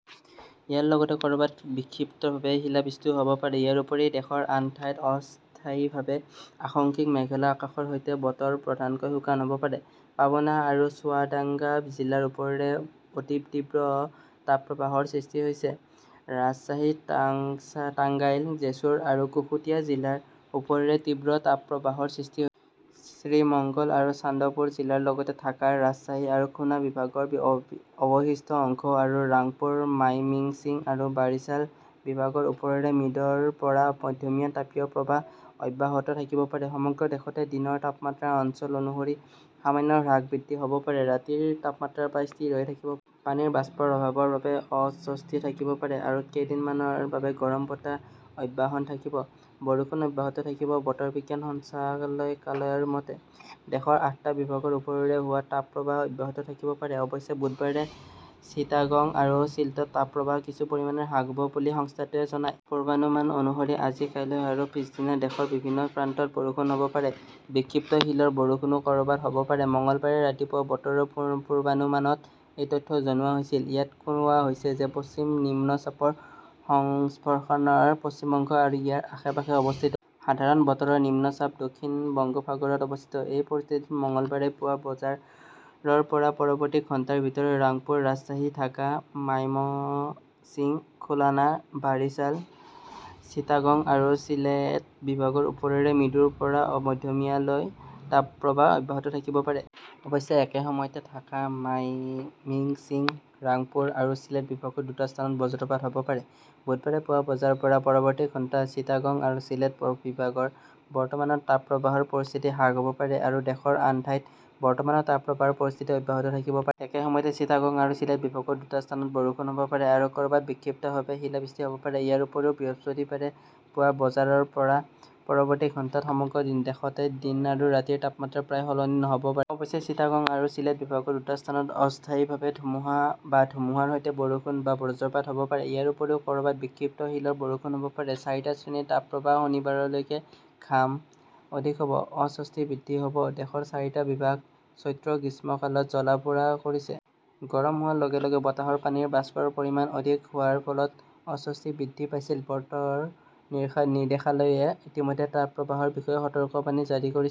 ইয়াৰ লগতে ক'ৰবাত বিক্ষিপ্তভাৱে শিলাবৃষ্টিও হʼব পাৰে। ইয়াৰ উপৰিও, দেশৰ আন ঠাইত অস্থায়ীভাৱে আংশিক মেঘলা আকাশৰ সৈতে বতৰ প্ৰধানকৈ শুকান হʼব পাৰে। পাবনা আৰু চুৱাদাঙ্গা জিলাৰ ওপৰেৰে অতি তীব্ৰ তাপপ্ৰবাহৰ সৃষ্টি হৈছে। ৰাজশ্বাহী, টাঙ্গাইল, জেছুৰ আৰু কুশটিয়া জিলাৰ ওপৰেৰে তীব্ৰ তাপপ্ৰবাহৰ সৃষ্টি হৈছে। শ্ৰীমঙ্গল আৰু চান্দপুৰ জিলাৰ লগতে ঢাকা, ৰাজশ্বাহী আৰু খুনা বিভাগৰ অৱশিষ্ট অংশ আৰু ৰাংপুৰ, মাইমিংছিং আৰু বাৰিছাল বিভাগৰ ওপৰেৰে মৃদুৰ পৰা মধ্যমীয়া তাপীয় প্ৰৱাহ অব্যাহত থাকিব পাৰে। সমগ্ৰ দেশতে দিনৰ তাপমাত্ৰা অঞ্চল অনুসৰি সামান্য হ্ৰাস-বৃদ্ধি হ 'ব পাৰে আৰু ৰাতিৰ তাপমাত্ৰা প্ৰায় স্থিৰ হৈ থাকিব পাৰে। পানীৰ বাষ্পৰ অভাৱৰ বাবে অস্বস্তি থাকিব পাৰে আৰু কেইদিনমানৰ বাবে গৰম বতাহ অব্যাহত থাকিব, বৰষুণ অব্যাহত থাকিব। বতৰ বিজ্ঞান সঞ্চালকালয়ৰ মতে, দেশৰ আঠটা বিভাগৰ ওপৰেৰে হোৱা তাপপ্ৰবাহ অব্যাহত থাকিব পাৰে। অৱশ্যে বুধবাৰে চিটাগং আৰু চিল্টত তাপপ্ৰবাহ কিছু পৰিমাণে হ্ৰাস হʼব পাৰে বুলি সংস্থাটোৱে জনায়। পূৰ্বানুমান অনুসৰি আজি, কাইলৈ আৰু পিছদিনা দেশৰ বিভিন্ন প্ৰান্তত বৰষুণ হʼব পাৰে। বিক্ষিপ্ত শিলৰ বৰষুণও ক'ৰবাত হ'ব পাৰে। মঙলবাৰে ৰাতিপুৱা বতৰৰ পূৰ্বানুমানত এই তথ্য জনোৱা হৈছিল। ইয়াত কোৱা হৈছে যে পশ্চিম নিম্নচাপৰ সম্প্ৰসাৰণ পশ্চিম বংগ আৰু ইয়াৰ আশে-পাশে অৱস্থিত। সাধাৰণ বতৰৰ নিম্নচাপ দক্ষিণ বংগোপসাগৰত অৱস্থিত। এই পৰিস্থিতিত মঙলবাৰে পুৱা বজাৰ পৰা পৰৱৰ্তী ঘণ্টাৰ ভিতৰত ৰাংপুৰ, ৰাজশ্বাহী, ঢাকা, মাইমশ্বিং, খুলনা, বাৰিছাল, চিটাগং আৰু চিলেট বিভাগৰ ওপৰেৰে মৃদুৰ পৰা মধ্যমীয়া তাপপ্ৰবাহ অব্যাহত থাকিব পাৰে। অৱশ্যে একে সময়তে ঢাকা, মাইমিংছিং, ৰাংপুৰ আৰু চিলেট বিভাগৰ দুটা স্থানত বজ্ৰপাত হ'ব পাৰে। বুধবাৰে পুৱা বজাৰ পৰা পৰৱৰ্তী ঘণ্টাত চিটাগং আৰু চিলেট বিভাগৰ বৰ্তমানৰ তাপপ্ৰবাহৰ পৰিস্থিতি হ্ৰাস পাব পাৰে আৰু দেশৰ আন ঠাইত বৰ্তমানৰ তাপপ্ৰবাহৰ পৰিস্থিতি অব্যাহত থাকিব পাৰে। একে সময়তে চিটাগং আৰু চিলেট বিভাগৰ দুটা স্থানত বৰষুণ হ'ব পাৰে আৰু ক'ৰবাত বিক্ষিপ্তভাৱে শিলাবৃষ্টি হʼব পাৰে। ইয়াৰ উপৰিও বৃহস্পতিবাৰে পুৱা বজাৰ পৰা পৰৱৰ্তী ঘণ্টাত সমগ্ৰ দেশতে দিন আৰু ৰাতিৰ তাপমাত্ৰা প্ৰায় সলনি নহ'ব পাৰে। অৱশ্যে, চিটাগং আৰু চিলেট বিভাগৰ দুটা স্থানত অস্থায়ীভাৱে ধুমুহা বা ধুমুহাৰ সৈতে বৰষুণ বা বজ্ৰপাত হ 'ব পাৰে। ইয়াৰ উপৰিও ক'ৰবাত বিক্ষিপ্ত শিলৰ বৰষুণ হ'ব পাৰে। চাৰিটা শ্ৰেণীৰ তাপপ্ৰবাহ শনিবাৰলৈকে, ঘাম অধিক হ'ব, অস্বস্তি বৃদ্ধি হ' ব দেশৰ চাৰিটা বিভাগ চৈত্ৰ গ্ৰীষ্মকালত জ্বলা-পোৰা কৰিছে। গৰম হোৱাৰ লগে লগে বতাহত পানীৰ বাষ্পৰ পৰিমাণ অধিক হোৱাৰ ফলত অস্বস্তি বৃদ্ধি পাইছিল। বতৰ নিৰ্দেশালয়ে ইতিমধ্যে তাপপ্ৰবাহৰ বিষয়ে সতৰ্কবাণী জাৰি কৰিছে।